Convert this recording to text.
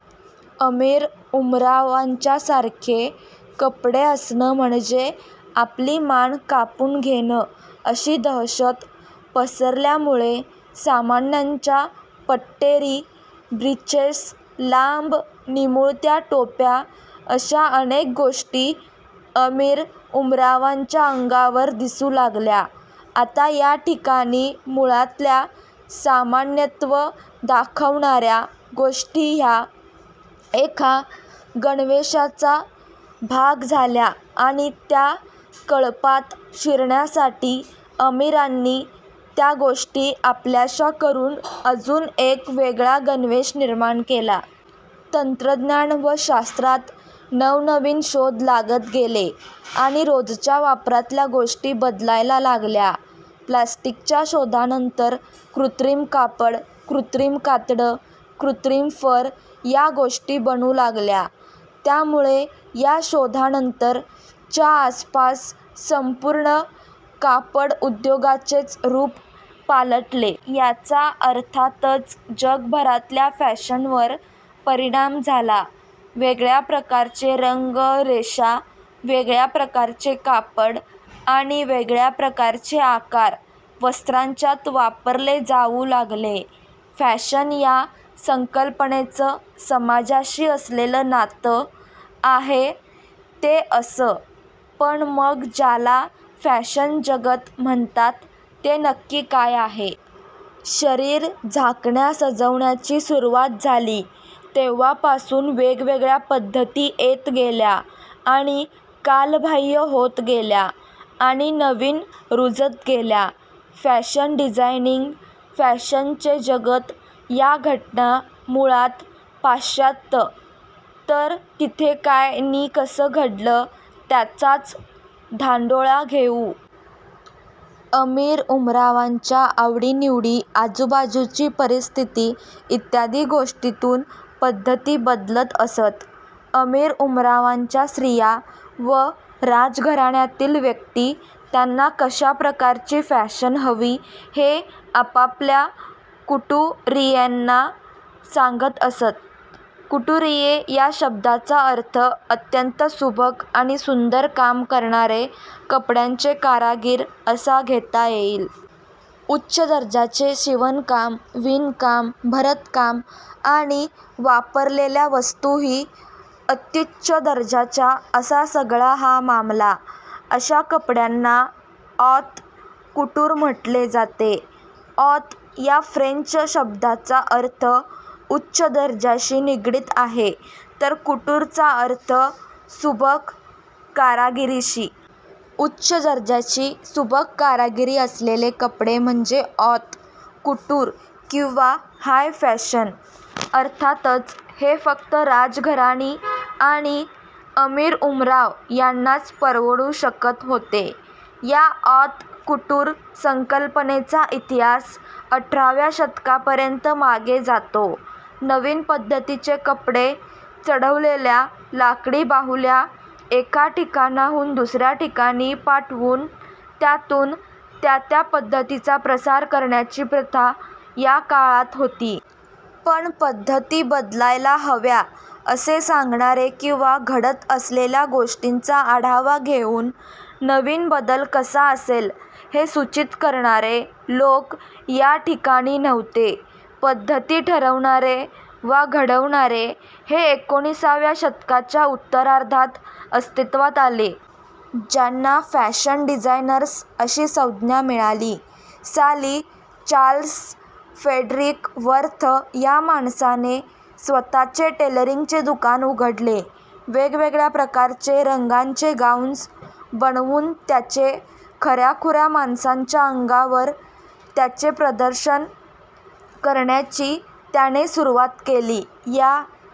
अमीरउमरावांच्यासारखे कपडे असणं म्हणजे आपली मान कापून घेणं अशी दहशत पसरल्यामुळे सामान्यांच्या पट्टेरी ब्रीचेस लांब निमुळत्या टोप्या अश्या अनेक गोष्टी अमीरउमरावांच्या अंगावर दिसू लागल्या. आता या ठिकाणी मुळातल्या सामान्यत्व दाखवणार्या गोष्टी ह्या एका गणवेशाचा भाग झाल्या आणि त्या कळपात शिरण्यासाठी अमीरांनी त्या गोष्टी आपल्याश्या करून अजून एक वेगळा गणवेश निर्माण केला. तंत्रज्ञान व शास्त्रात नवनवीन शोध लागत गेले आणि रोजच्या वापरातल्या गोष्टी बदलायला लागल्या. प्लॅस्टीकच्या शोधानंतर कृत्रिम कापड, कृत्रिम कातडं, कृत्रिम फर या गोष्टी बनू लागल्या. त्यामुळे या शोधानंतर च्या आसपास संपूर्ण कापडउद्योगाचेच रूप पालटले. याचा अर्थातच जगभरातल्या फॅशनवर परिणाम झाला. वेगळ्या प्रकारचे रंग, रेषा, वेगळ्या प्रकारचे कापड आणि वेगळ्या प्रकारचे आकार वस्त्रांच्यात वापरले जाऊ लागले. फॅशन या संकल्पनेचं समाजाशी असलेलं नातं आहे ते असं. पण मग ज्याला फॅशन जगत म्हणतात ते नक्की काय आहे? शरीर झाकण्या-सजवण्याची सुरूवात झाली तेव्हापासून वेगवेगळ्या पद्धती येत गेल्या आणि कालबाह्य होत गेल्या आणि नवीन रूजत गेल्या. फॅशन डिझायनिंग/ फॅशनचे जगत या घटना मुळात पाश्चात्य. तर तिथे काय नि कसं घडलं त्याचाच धांडोळा घेऊ. अमीरउमरावांच्या आवडीनिवडी, आजूबाजूची परिस्थिती इत्यादी गोष्टींतून पद्धती बदलत असत. अमीरउमरावांच्या स्त्रिया व राजघराण्यातील व्यक्ती त्यांना कश्या प्रकारची फॅशन हवी हे आपापल्या कुटुरियेंना सांगत असत. कुटुरीये या शब्दाचा अर्थ अत्यंत सुबक आणि सुंदर काम करणारे कपड्यांचे कारागिर असा घेता येईल. उच्च दर्जाचे शिवणकाम, विणकाम, भरतकाम आणि वापरलेल्या वस्तूही अत्युच्च दर्जाच्या असा सगळा हा मामला. अश्या कपड्यांना ऑत कुटूर म्हटले जाते. ऑत या फ्रेंच शब्दाचा अर्थ उच्च दर्जाशी निगडीत आहे तर कुटूर चा अर्थ सुबक कारागिरीशी. उच्च दर्जाची सुबक कारागिरी असलेले कपडे म्हणजे ऑत कुटूर किंवा हाय फॅशन. अर्थातच हे फक्त राजघराणी आणि अमीरउमराव यांनाच परवडू शकत होते. या ऑत कुटूर संकल्पनेचा इतिहास अठराव्या शतकातपर्यंत मागे जातो. नवीन पद्धतीचे कपडे चढवलेल्या लाकडी बाहुल्या एका ठिकाणाहून दुसर्या ठिकाणी पाठवून त्यातून त्या त्या पद्धतीचा प्रसार करण्याची प्रथा या काळात होती. पण पद्धती बदलायला हव्या असे सांगणारे किंवा घडत असलेल्या गोष्टींचा आढावा घेऊन नवीन बदल कसा असेल हे सूचित करणारे लोक या ठिकाणी नव्हते. पद्धती ठरवणारे वा घडवणारे हे एकोणिसाव्या शतकाच्या उत्तरार्धात अस्तित्वात आले. ज्यांना फॅशन डिझायनर्स अशी संज्ञा मिळाली. साली चार्ल्स फ्रेडरीक वर्थ या माणसाने स्वतःचे टेलरींगचे दुकान उघडले वेगवेगळ्या प्रकारचे, रंगांचे गाउन्स बनवून त्याचे खर्याखुर्या माणसांच्या अंगावर त्यांचे प्रदर्शन करण्याची त्याने सुरूवात केली. या